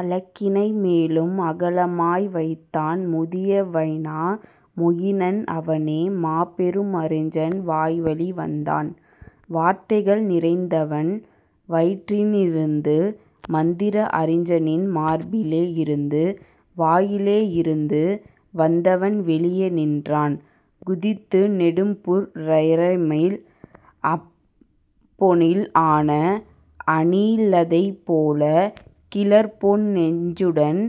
அலக்கினை மேலும் அகலமாய் வைத்தான்; முதிய வைனா மொயினன் அவனே மாபெரும் அறிஞன் வாய்வழி வந்தான் வார்த்தைகள் நிறைந்தவன் வயிற்றினி லிருந்து மந்திர அறிஞனின் மார்பிலே யிருந்து; வாயிலே யிருந்து வந்தவன் வெளியே நின்றான் குதித்து நெடும்புற் றரைமேல் அம்பொனில் ஆன அணிலதைப் போல கிளர்பொன் நெஞ்சுடன்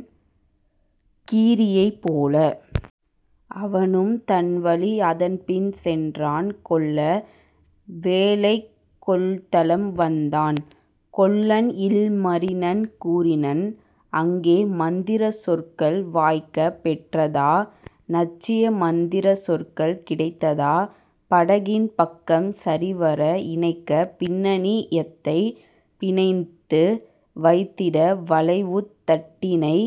கீரியைப் போல. அவனும் தன்வழி அதன்பின் சென்றான் கொல்ல வேலைக் கொள்தளம் வந்தான்; கொல்லன் இல்மரினன் கூறினன் அங்கே: "மந்திரச் சொற்கள் வாய்க்கப் பெற்றதா நச்சிய மந்திரச் சொற்கள் கிடைத்ததா படகின் பக்கம் சரிவர இணைக்க பின்னணி யத்தைப் பிணைத்து வைத்திட வளைவுத் தட்டினை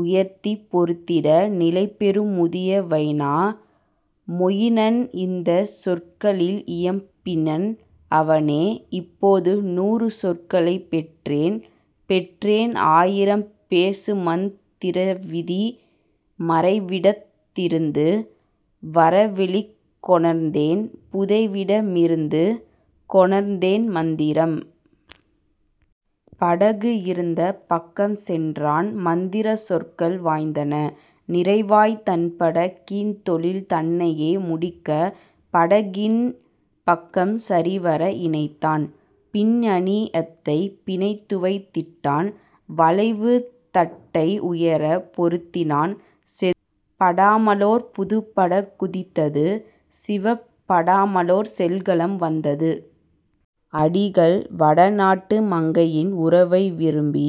உயர்த்திப் பொருத்திட? " நிலைபெறும் முதிய வைனா மொயினன் இந்தச் சொற்களில் இயம்பினன் அவனே: "இப்போது நூறு சொற்களைப் பெற்றேன் பெற்றேன் ஆயிரம் பேசுமந் திரவிதி மறைவிடத் திருந்து வரவெளிக் கொணர்ந்தேன் புதைவிட மிருந்து கொணர்ந்தேன் மந்திரம். " படகு இருந்த பக்கம் சென்றான் மந்திரச் சொற்கள் வாய்ந்தன நிறைவாய் தன்பட கின்தொழில் தன்னையே முடிக்க படகின் பக்கம் சரிவர இணைத்தான் பின்அணி யத்தைப் பிணைத்துவைத் திட்டான் வளைவுத் தட்டை உயரப் பொருத்தினான் செதுக்கப் படாமலோர் புதுப்பட குதித்தது சீவப் படாமலோர் செல்கலம் வந்தது. அடிகள்: வடநாட்டு மங்கையின் உறவை விரும்பி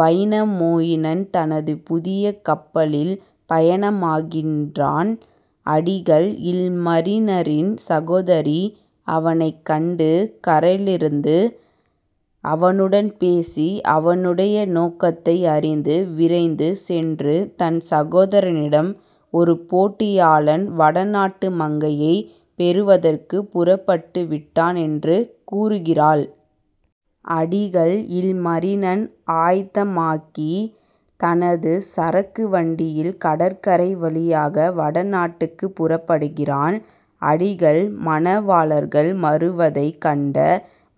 வைனாமொயினன் தனது புதிய கப்பலில் பயணமாகின்றான். அடிகள்: இல்மரினனின் சகோதரி அவனைக் கண்டு, கரையிலிருந்து அவனுடன் பேசி, அவனுடைய நோக்கத்தை அறிந்து, விரைந்து சென்று தன் சகோதரனிடம் ஒரு போட்டியாளன் வடநாட்டு மங்கையைப் பெறுவதற்குப் புறப்பட்டுவிட்டான் என்று கூறுகிறாள். அடிகள்: இல்மரினன் ஆயத்தமாகித் தனது சறுக்கு வண்டியில் கடற்கரை வழியாக வடநாட்டுக்குப் புறப்படுகிறான். அடிகள்: மணவாளர்கள் வருவதைக் கண்ட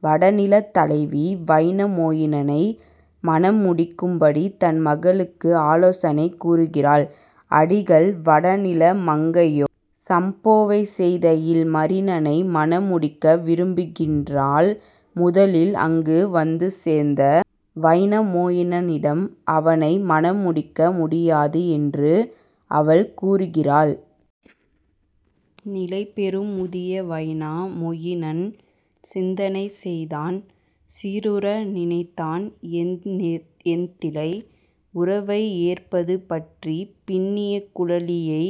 வடநிலத் தலைவி, வைனாமொயினனை மணம் முடிக்கும்படி தன் மகளுக்கு ஆலோசனை கூறுகிறாள். அடிகள் வடநில மங்கையோ சம்போவைச் செய்த இல்மரினனையே மணமுடிக்க விரும்புகின்றாள். முதலில் அங்கு வந்து சேர்ந்த வைனாமொயினனிடம் அவனை மணம் முடிக்க முடியாது என்று அவள் கூறுகிறாள். நிலைபெறும் முதிய வைனா மொயினன் சிந்தனை செய்தான் சீருற நினைத்தான் ஏந்திழை உறவை ஏற்பது பற்றி பின்னிய குழலியை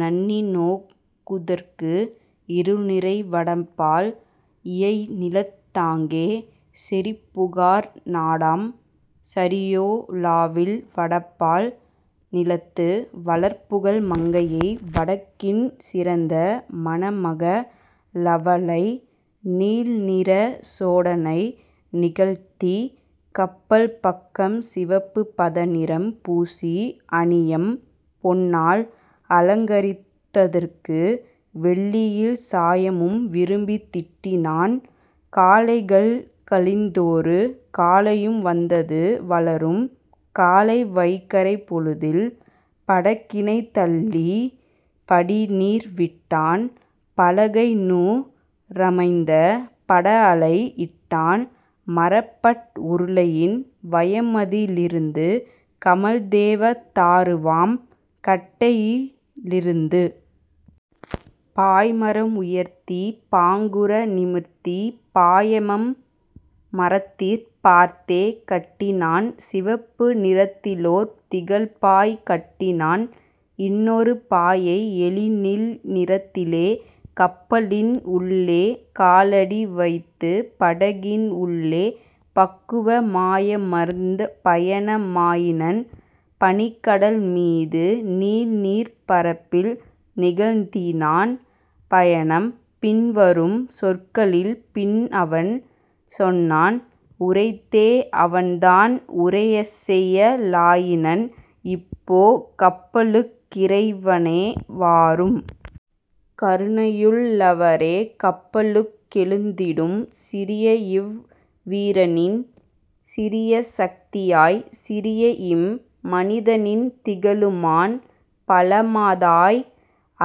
நண்ணிநோக் குதற்கு இருள்நிறை வடபால் இயைநிலத் தாங்கே செறிபுகார் நாடாம் சரியோ லாவில் வடபால் நிலத்து வளர்புகழ் மங்கையை வடக்கின் சிறந்த மணமக ளவளை. நீல்நிறச் சோடனை நிகழ்த்திக் கப்பல் பக்கம் சிவப்பு பதநிறம் பூசி அணியம் பொன்னால் அலங்கரித் ததற்கு வெள்ளியில் சாயமும் விரும்பித் திட்டினான்; காலைகள் கழிந்தொரு காலையும் வந்தது வளரும் காலை வைகறைப் பொழுதில் படகினைத் தள்ளிப் படிநீர் விட்டான் பலகைநூ றமைந்த படஅலை யிட்டான் மரப்பட் உருளையின் வயமதி லிருந்து கமழ்தேவ தாருவாம் கட்டையி லிருந்து. பாய்மரம் உயர்த்தி பாங்குற நிமிர்த்தி பாயையம் மரத்திற் பார்த்தே கட்டினான் சிவப்பு நிறத்திலோர் திகழ்பாய் கட்டினான் இன்னொரு பாயை எழில்நீல் நிறத்திலே கப்பலின் உள்ளே காலடி வைத்து படகின் உள்ளே பக்குவ மாயமர்ந் பயண மாயினன் பனிக்கடல் மீது நீல்நீர்ப் பரப்பில் நிகழ்த்தினான் பயணம். பின்வரும் சொற்களில் பின்அவன் சொன்னான் உரைத்தே அவன்தான் உரைசெய லாயினன்: "இப்போ கப்பலுக் கிறைவனே, வாரும்! கருணையுள் ளவரே, கப்பலுக் கெழுந்திடும்! சிறியஇவ் வீரனின் சீரிய சக்தியாய், சிறியஇம் மனிதனின் திகழுமாண் பலமதாய்,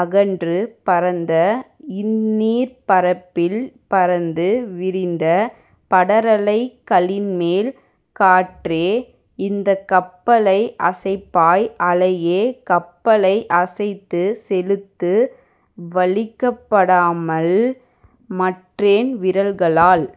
அகன்று பரந்த இந்நீர்ப் பரப்பில் பரந்து விரிந்த படரலை களின்மேல். காற்றே இந்தக் கப்பலை அசைப்பாய் அலையே கப்பலை அசைத்துச் செலுத்து வலிக்கப் படாமல் மற்றென் விரல்களால்